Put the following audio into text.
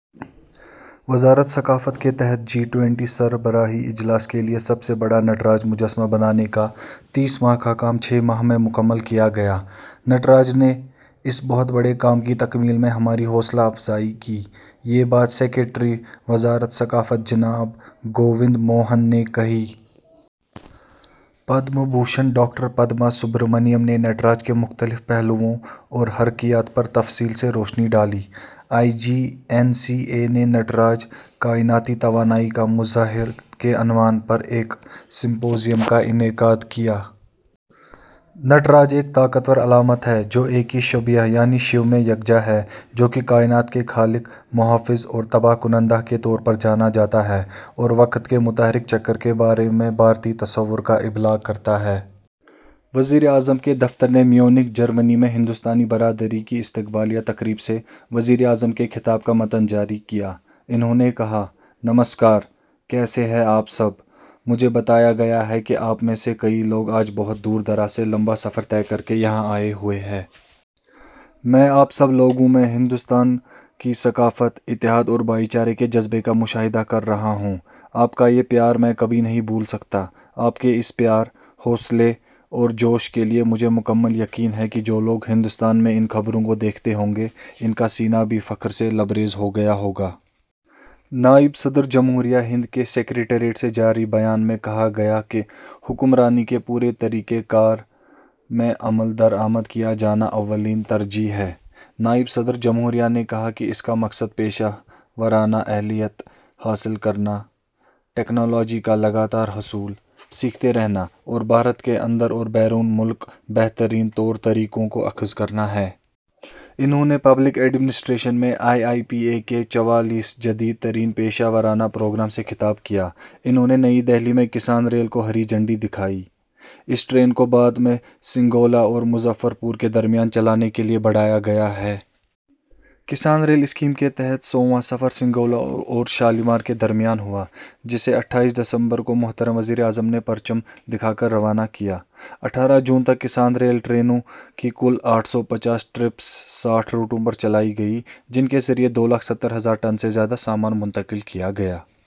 وزارت ثقافت کے تحت جی ٹوئنٹی سربراہی اجلاس کے لیے سب سے بڑا نٹراج مجسمہ بنانے کا تیس ماہ کا کام چھ ماہ میں مکمل کیا گیا۔ نٹراج نے اس بہت بڑے کام کی تکمیل میں ہماری حوصلہ افزائی کی، یہ بات سکریٹری وزارت ثقافت جناب گووند موہن نے کہی۔ پدم بھوشن ڈاکٹر پدما سبرامنیم نے نٹراج کے مختلف پہلوؤں اور حرکیات پر تفصیل سے روشنی ڈالی۔ آئی جی این سی اے نے نٹراج: کائناتی توانائی کا مظہر کے عنوان پر ایک سمپوزیم کا انعقاد کیا۔ نٹراج ایک طاقتور علامت ہے جو ایک ہی شبیہ یعنی شیو میں یکجا ہے، جو کہ کائنات کے خالق، محافظ اور تباہ کنندہ کے طور پر جانا جاتا ہے اور وقت کے متحرک چکر کے بارے میں بھارتی تصور کا ابلاغ کرتا ہے۔ وزیر اعظم کے دفتر نے میونخ، جرمنی میں ہندوستانی برادری کی استقبالیہ تقریب سے وزیر اعظم کے خطاب کا متن جاری کیا۔ انہوں نے کہا، نمسکار! کیسے ہیں آپ سب؟ مجھے بتایا گیا ہے کہ آپ میں سے کئی لوگ آج بہت دور دراز سے لمبا سفر طے کر کے یہاں آئے ہوئے ہیں۔ میں آپ سب لوگوں میں ہندوستان کی ثقافت، اتحاد اور بھائی چارے کے جذبے کا مشاہدہ کر رہا ہوں۔ آپ کا یہ پیار میں کبھی نہیں بھول سکتا۔ آپ کے اس پیار، حوصلے اور جوش کے لیے مجھے مکمل یقین ہے کہ جو لوگ ہندوستان میں ان خبروں کو دیکھتے ہوں گے، ان کا سینہ بھی فخر سے لبریز ہو گیا ہوگا۔ نائب صدر جمہوریہ ہند کے سکریٹریٹ سے جاری بیان میں کہا گیا کہ حکمرانی کے پورے طریقہ کار میں عمل درآمد کیا جانا اولین ترجیح ہے۔ نائب صدر جمہوریہ نے کہا کہ اس کا مقصد پیشہ ورانہ اہلیت حاصل کرنا، ٹیکنالوجی کا لگاتار حصول، سیکھتے رہنا اور بھارت کے اندر اور بیرون ملک بہترین طور طریقوں کو اخذ کرنا ہے۔ انہوں نے پبلک ایڈمنسٹریشن میں آئی آئی پی اے کے چوالیسویں جدید ترین پیشہ ورانہ پروگرام سے خطاب کیا۔ انہوں نے نئی دہلی میں کسان ریل کو ہری جھنڈی دکھائی۔ اس ٹرین کو بعد میں سنگولا اور مظفر پور کے درمیان چلانے کے لیے بڑھایا گیا ہے۔ کسان ریل اسکیم کے تحت سوواں سفر سنگولا اور شالیمار کے درمیان ہوا جسے اٹھائیس دسمبر کو محترم وزیر اعظم نے پرچم دکھا کر روانہ کیا۔ اٹھارہ جون تک کسان ریل ٹرینوں کی کل آٹھ سو پچاس ٹرپس ساٹھ روٹوں پر چلائی گئیں، جن کے ذریعے دو لاکھ ستر ہزار ٹن سے زیادہ سامان منتقل کیا گیا۔